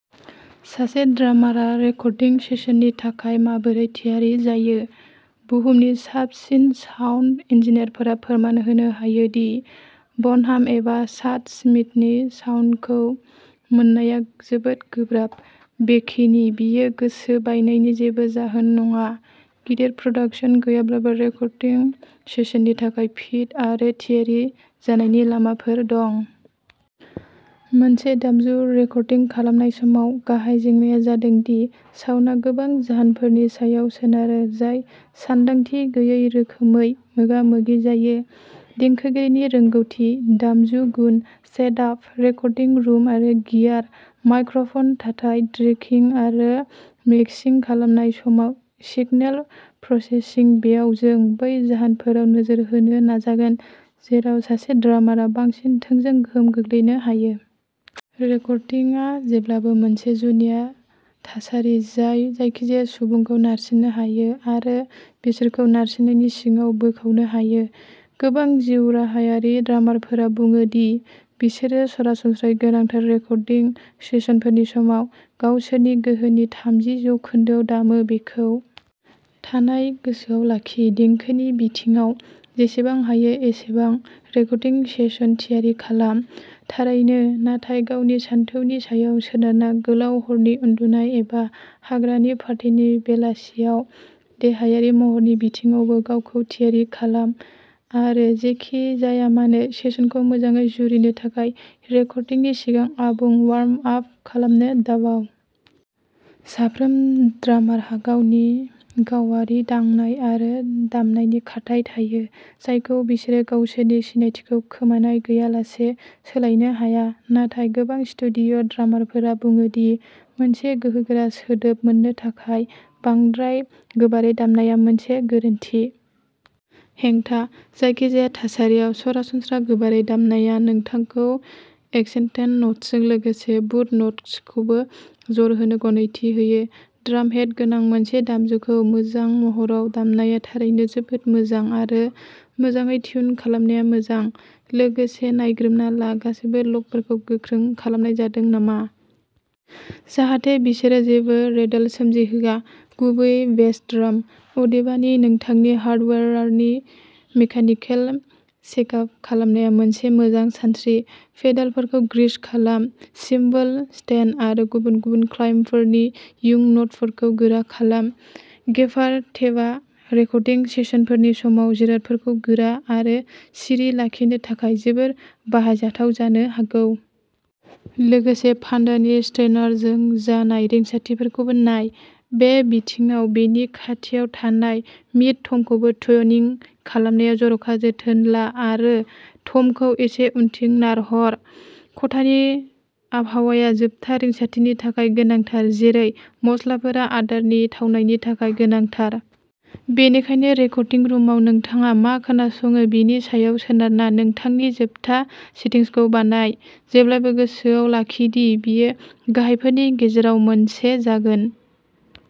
सासे ड्रामारआ रेकर्डिं सेसननि थाखाय माबोरै थियारि जायो? बुहुमनि साबसिन साउन्ड इन्जिनियारफोरा फोरमान होनो हायो दि बनहाम एबा चाड स्मिथनि साउन्डखौ मोननाया जोबोद गोब्राब। बबेखानि, बेयो गोसो बायनायनि जेबो जाहोन नङा। गिदिर प्रडाक्शन गैयाब्लाबो, रेकर्डिं सेसननि थाखाय फिट आरो थियारि जानायनि लामाफोर दं। मोनसे दामजु रेकर्डिं खालामनाय समाव गाहाय जेंनाया जादों दि साउन्डआ गोबां जाहोनफोरनि सायाव सोनारो जाय सानदांथि गैयै रोखोमै मोगा मोगि जायो। देंखोगिरिनि रोंग'थि, दामजु गुन, सेटआप, रेकर्डिं रुम आरो गियार, माइक्र'फन थाथाय, ट्रेकिं आरो मिक्सिं खालामनाय समाव सिगनेल प्रसेसिं बेयाव जों बै जाहोनफोराव नोजोर होनो नाजागोन जेराव सासे ड्रामारआ बांसिन थोंजों गोहोम खोख्लैनो हायो। रेकर्डिंआ जेब्लाबो मोनसे जुनिया थासारि जाय जायखिजाया सुबुंखौ नारसिननो हायो आरो बिसोरखौ नारसिननायनि सिङाव बोखावनो हायो। गोबां जिउराहायारि ड्रामारफोरा बुङो दि बिसोरो सरासनस्रायै गोनांथार रेकर्डिं सेसनफोरनि समाव गावसोरनि गोहोनि थामजि जौखोन्दोआव दामो। बेखौ थानाय गोसोआव लाखि, देंखोनि बिथिङाव जेसेबां हायो एसेबां रेकर्डिं सेसन थियारि खालाम, थारैनो, नाथाय गावनि सानथौनि सायाव सोनारना गोलाव हरनि उन्दुनाय एबा हाग्रानि पार्टिनि बेलासियाव देहायारि महरनि बिथिङावबो गावखौ थियारि खालाम आरो जेखि जाया मानो, सेसनखौ मोजाङै जुरिनो थाखाय रेकर्डिंनि सिगां आबुं वार्म आप खालामनो दाबाव। साफ्रोम ड्रामारहा गावनि गावारि दांनाय आरो दामनायनि खारथाइ थायो, जायखौ बिसोरो गावसोरनि सिनायथिखौ खोमानाय गैयालासे सोलायनो हाया, नाथाय गोबां स्टुडिय' ड्रामारफोरा बुङो दि मोनसे गोहोगोरा सोदोब मोननो थाखाय बांद्राय गोबारै दामनाया मोनसे गोरोन्थि। हेंथा? जायखिजाया थासारियाव, सरासनस्रा गोबारै दामनाया नोंथांखौ एक्सेन्टेड न'ट्सजों लोगोसे भुत न'ट्सखौबो जर होनो गनायथि होयो। ड्रामहेड गोनां मोनसे दामजुखौ मोजां महराव दोननाया थारैनो जोबोद मोजां आरो मोजाङै टिउन खालामजानाया मोजां। लोगोसे नायग्रोमना ला गासैबो लगफोरखौ गोख्रों खालामनाय जादों नामा। जाहाथे बिसोरो जेबो रेटल सोमजिहोआ, गुबैयै बेस ड्राम। अदेबानि, नोंथांनि हार्डवेयारनि मेकानिकेल चेकआप खालामनाया मोनसे मोजां सानस्रिः पेडेलफोरखौ ग्रीस खालाम, सिम्बल स्टेन्ड आरो गुबुन गुबुन क्लाम्पफोरनि उइं नाटफोरखौ गोरा खालाम। गेफार टेपआ रेकर्डिं सेसनफोरनि समाव जिरादफोरखौ गोरा आरो सिरि लाखिनो थाखाय जोबोद बाहायजाथाव जानो हागौ। लोगोसे, फान्दानि स्ट्रेनारजों जानाय रिंसारथिफोरखौबो नाय। बे बिथिङाव, बेनि खाथियाव थानाय मिड-टमखौ ट्युनिं खालामनायाव जर'खा जोथोन ला आरो टमखौ एसे उनथिं नारहर। खथानि आबहावाया जोबथा रिंसारथिनि थाखाय गोनांथार, जेरै मस्लाफोरा आदारनि थावनायनि थाखाय गोनांथार। बेनिखायनो रेकर्डिं रुमाव नोंथाङा मा खोनासङो बेनि सायाव सोनारना नोंथांनि जोबथा सेटिंसखौ बानाय, जेब्लाबो गोसोआव लाखि दि बियो गाहायफोरनि गेजेराव मोनसे जागोन।